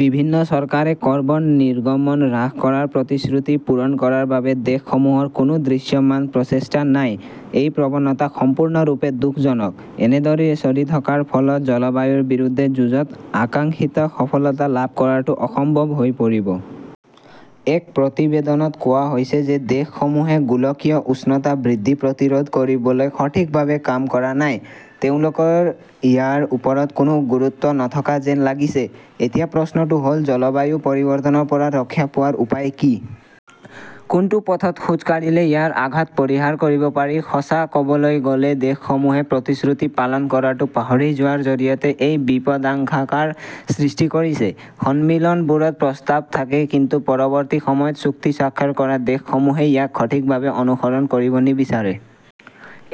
বিভিন্ন চৰকাৰে কৰ্বন নিৰ্গমন হ্ৰাস কৰাৰ প্ৰতিশ্ৰুতি পূৰণ কৰাৰ বাবে দেশসমূহৰ কোনো দৃশ্যমান প্ৰচেষ্টা নাই। এই প্ৰৱণতা সম্পূৰ্ণৰূপে দুখজনক। এনেদৰে চলি থকাৰ ফলত জলবায়ুৰ বিৰুদ্ধে যুঁজত আকাংক্ষিত সফলতা লাভ কৰাটো অসম্ভৱ হৈ পৰিব। এক প্ৰতিবেদনত কোৱা হৈছে যে দেশসমূহে গোলকীয় উষ্ণতা বৃদ্ধি প্ৰতিৰোধ কৰিবলৈ সঠিকভাৱে কাম কৰা নাই। তেওঁলোকৰ ইয়াৰ ওপৰত কোনো গুৰুত্ব নথকা যেন লাগিছে! এতিয়া প্ৰশ্নটো হ'ল জলবায়ু পৰিৱৰ্তনৰ পৰা ৰক্ষা পোৱাৰ উপায় কি? কোনটো পথত খোজ কাঢ়িলে ইয়াৰ আঘাত পৰিহাৰ কৰিব পাৰি? সঁচা ক'বলৈ গ'লে, দেশসমূহে প্ৰতিশ্ৰুতি পালন কৰাটো পাহৰি যোৱাৰ জৰিয়তে এই বিপদাশংকাৰ সৃষ্টি কৰিছে। সন্মিলনবোৰত প্ৰস্তাৱ থাকে, কিন্তু পৰৱৰ্তী সময়ত চুক্তি স্বাক্ষৰ কৰা দেশসমূহেই ইয়াক সঠিকভাৱে অনুসৰণ কৰিব নিবিচাৰে।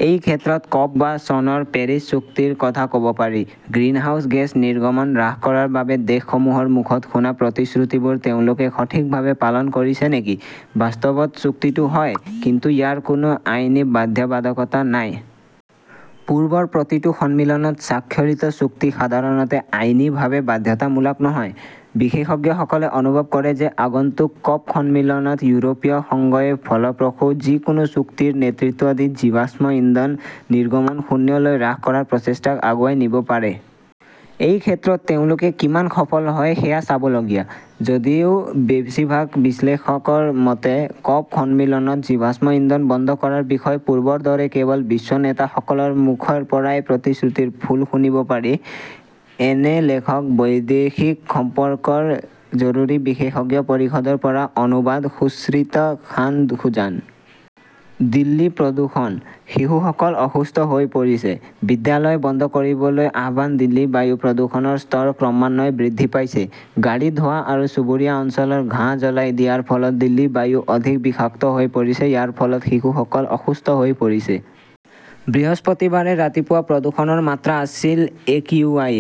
এই ক্ষেত্ৰত ক 'প- বা চনৰ পেৰিছ চুক্তিৰ কথা ক' ব পাৰি। গ্ৰীণহাউছ গেছ নিৰ্গমন হ্ৰাস কৰাৰ বাবে দেশসমূহৰ মুখত শুনা প্ৰতিশ্ৰুতিবোৰ তেওঁলোকে সঠিকভাৱে পালন কৰিছে নেকি? বাস্তৱত, চুক্তিটো হয়, কিন্তু ইয়াৰ কোনো আইনী বাধ্যবাধকতা নাই। পূৰ্বৰ প্ৰতিটো সন্মিলনত স্বাক্ষৰিত চুক্তি সাধাৰণতে আইনীভাৱে বাধ্যতামূলক নহয়। বিশেষজ্ঞসকলে অনুভৱ কৰে যে আগন্তুক কপ- সন্মিলনত ইউৰোপীয় সংঘই ফলপ্ৰসূ যিকোনো চুক্তিৰ নেতৃত্ব দি জীৱাশ্ম ইন্ধন নিৰ্গমন 'শূন্য' লৈ হ্ৰাস কৰাৰ প্ৰচেষ্টাক আগুৱাই নিব পাৰে। এই ক্ষেত্ৰত তেওঁলোকে কিমান সফল হয় সেয়া চাবলগীয়া। যদিও বেছিভাগ বিশ্লেষকৰ মতে, কপ- সন্মিলনত জীৱাশ্ম ইন্ধন বন্ধ কৰাৰ বিষয়ে পূৰ্বৰ দৰে কেৱল বিশ্ব নেতাসকলৰ মুখৰ পৰাই প্ৰতিশ্ৰুতিৰ ফুল শুনিব পাৰি! এন লেখকঃ বৈদেশিক সম্পৰ্কৰ জৰুৰী বিশেষজ্ঞ পৰিষদৰ পৰা অনুবাদঃ সুম্ৰীত খান সুজান। দিল্লী প্ৰদূষণঃ শিশুসকল অসুস্থ হৈ পৰিছে, বিদ্যালয় বন্ধ কৰিবলৈ আহ্বান দিল্লীৰ বায়ু প্ৰদূষণৰ স্তৰ ক্ৰমান্বয়ে বৃদ্ধি পাইছে। গাড়ীৰ ধোঁৱা আৰু চুবুৰীয়া অঞ্চলৰ ঘাঁহ জ্বলাই দিয়াৰ ফলত দিল্লীৰ বায়ু অধিক বিষাক্ত হৈ পৰিছে। ইয়াৰ ফলত শিশুসকল অসুস্থ হৈ পৰিছে। বৃহস্পতিবাৰে ৰাতিপুৱা প্ৰদূষণৰ মাত্ৰা আছিল একিউআই।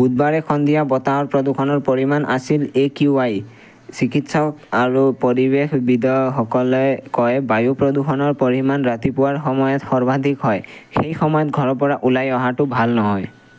বুধবাৰে সন্ধিয়া বতাহৰ প্ৰদূষণৰ পৰিমাণ আছিল একিউআই। চিকিৎসক আৰু পৰিৱেশবিদসকলে কয়, "বায়ু প্ৰদূষণৰ পৰিমাণ ৰাতিপুৱাৰ সময়ত সৰ্বাধিক হয়। সেই সময়ত ঘৰৰ পৰা ওলাই অহাটো ভাল নহয়।